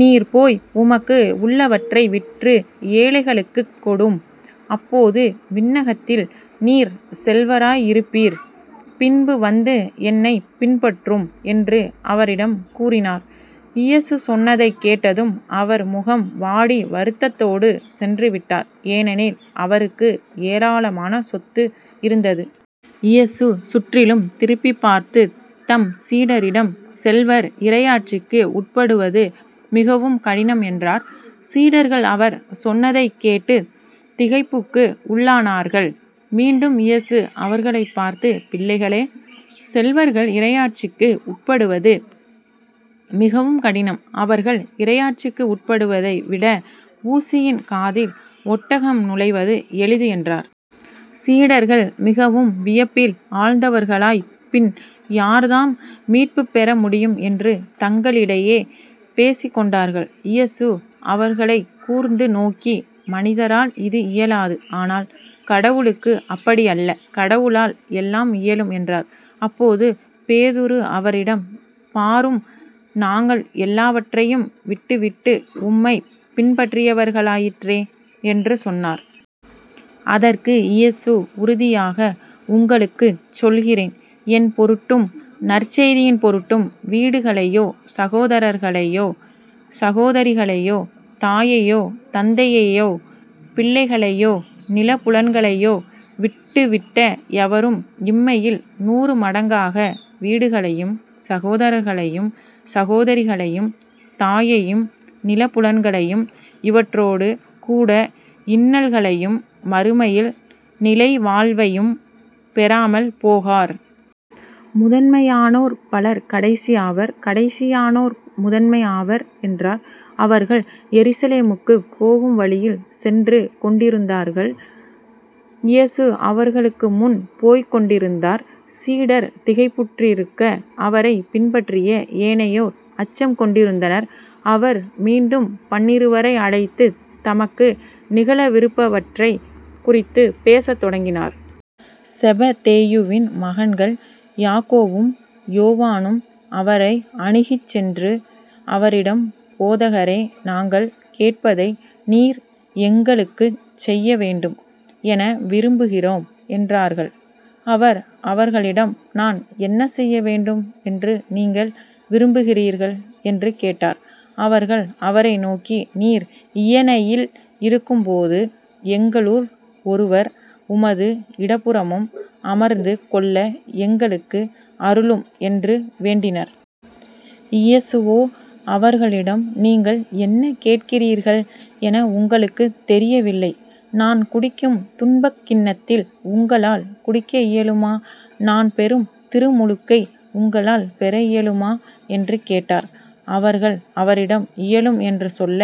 நீர் போய் உமக்கு உள்ளவற்றை விற்று ஏழைகளுக்குக் கொடும். அப்போது விண்ணகத்தில் நீர் செல்வராய் இருப்பீர். பின்பு வந்து என்னைப் பின்பற்றும் என்று அவரிடம் கூரினார். இயேசு சொன்னதைக் கேட்டதும் அவர் முகம் வாடி வருத்தத்தோடு சென்று விட்டார். ஏனெனில் அவருக்கு ஏராளமான சொத்து இருந்தது. இயேசு சுற்றிலும் திருப்பிப் பார்த்துத் தம் சீடரிடம் செல்வர் இறையாட்சிக்கு உட்படுவது மிகவும் கடினம் என்றார். சீடர்கள் அவர் சொன்னதைக் கேட்டுத் திகைப்புக்கு உள்ளானார்கள். மீண்டும் இயேசு அவர்களைப் பார்த்து பிள்ளைகளே செல்வர்கள் இறையாட்சிக்கு உட்படுவது மிகவும் கடினம். அவர்கள் இறையாட்சிக்கு உட்படுவதை விட ஊசியின் காதில் ஒட்டகம் நுழைவது எளிது என்றார். சீடர்கள் மிகவும் வியப்பில் ஆழ்ந்தவர்களாய் பின் யார்தாம் மீட்புப்பெற முடியும்? என்று தங்களிடையே பேசிக்கொண்டார்கள். இயேசு அவர்களைக் கூர்ந்து நோக்கி மனிதரால் இது இயலாது. ஆனால் கடவுளுக்கு அப்படியல்ல. கடவுளால் எல்லாம் இயலும் என்றார். அப்போது பேதுரு அவரிடம் பாரும் நாங்கள் எல்லாவற்றையும் விட்டுவிட்டு உம்மைப் பின்பற்றியவர்களாயிற்றே என்று சொன்னார். அதற்கு இயேசு உறுதியாக உங்களுக்குச் சொல்கிறேன் என் பொருட்டும் நற்செய்தியின் பொருட்டும் வீடுகளையோ சகோதரர்களையோ சகோதரிகளையோ தாயையோ தந்தையையோ பிள்ளைகளையோ நிலபுலன்களையோ விட்டுவிட்ட எவரும் இம்மையில் நூறு மடங்காக வீடுகளையும் சகோதரர்களையும் சகோதரிகளையும் தாயையும் நிலபுலன்களையும் இவற்றோடு கூட இன்னல்களையும் மறுமையில் நிலைவாழ்வையும் பெறாமல் போகார். முதன்மையானோர் பலர் கடைசி ஆவர் கடைசியானோர் முதன்மை ஆவர் என்றார். அவர்கள் எருசலேமுக்குப் போகும் வழியில் சென்று கொண்டிருந்தார்கள். இயேசு அவர்களுக்குமுன் போய்க்கொண்டிருந்தார். சீடர் திகைப்புற்றிருக்க, அவரைப் பின்பற்றிய ஏனையோர் அச்சம் கொண்டிருந்தனர். அவர் மீண்டும் பன்னிருவரை அழைத்துத் தமக்கு நிகழவிருப்பவற்றைக் குறித்துப் பேசத் தொடங்கினார். செபதேயுவின் மகன்கள் யாக்கோபும் யோவானும் அவரை அணுகிச் சென்று அவரிடம் போதகரே நாங்கள் கேட்பதை நீர் எங்களுக்குச் செய்யவேண்டும் என விரும்புகிறோம் என்றார்கள். அவர் அவர்களிடம் நான் என்ன செய்யவேண்டும் என்று நீங்கள் விரும்புகிறீர்கள்? என்று கேட்டார். அவர்கள் அவரை நோக்கி நீர் இயணையில் இருக்கும்போது எங்களுள் ஒருவர் உமது இடப்புறமும் அமர்ந்து கொள்ள எங்களுக்கு அருளும்" என்று வேண்டினர். இயேசுவோ அவர்களிடம் நீங்கள் என்ன கேட்கிறீர்கள் என உங்களுக்குத் தெரியவில்லை. நான் குடிக்கும் துன்பக் கிண்ணத்தில் உங்களால் குடிக்க இயலுமா? நான் பெறும் திருமுழுக்கை உங்களால் பெற இயலுமா? என்று கேட்டார். அவர்கள் அவரிடம் இயலும் என்று சொல்ல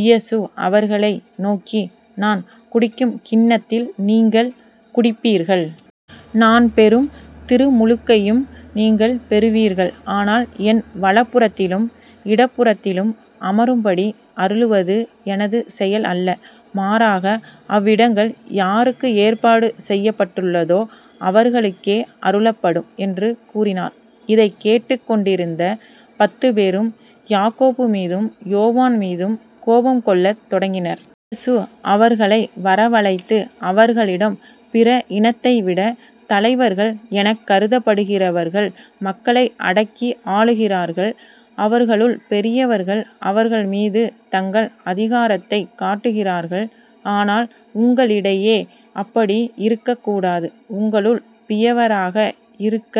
இயேசு அவர்களை நோக்கி நான் குடிக்கும் கிண்ணத்தில் நீங்கள் குடிப்பீர்கள். நான் பெறும் திருமுழுக்கையும் நீங்கள் பெறுவீர்கள். ஆனால் என் வலப்புறத்திலும் இடப்புறத்திலும் அமரும்படி அருளுவது எனது செயல் அல்ல. மாறாக அவ்விடங்கள் யாருக்கு ஏற்பாடு செய்யப்பட்டுள்ளதோ அவர்களுக்கே அருளப்படும் என்று கூறினார். இதைக் கேட்டுக் கொண்டிருந்த பத்துப் பேரும் யாக்கோபுமீதும் யோவான் மீதும் கோபங்கொள்ளத் தொடங்கினர். இயேசு அவர்களை வரவழைத்து அவர்களிடம் பிற இனத்தைவிட தலைவர்கள் எனக் கருதப்படுகிறவர்கள் மக்களை அடக்கி ஆளுகிறார்கள். அவர்களுள் பெரியவர்கள் அவர்கள் மீது தங்கள் அதிகாரத்தைக் காட்டுகிறார்கள். ஆனால் உங்களிடையே அப்படி இருக்கக் கூடாது. உங்களுள் பியவராக இருக்க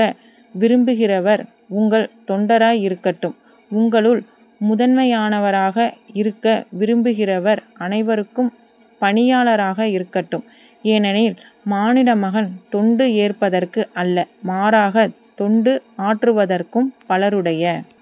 விரும்புகிறவர் உங்கள் தொண்டராய் இருக்கட்டும். உங்களுள் முதன்மையானவராக இருக்க விரும்புகிறவர், அனைவருக்கும் பணியாளராக இருக்கட்டும். ஏனெனில் மானிடமகன் தொண்டு ஏற்பதற்கு அல்ல மாறாகத் தொண்டு ஆற்றுவதற்கும் பலருடைய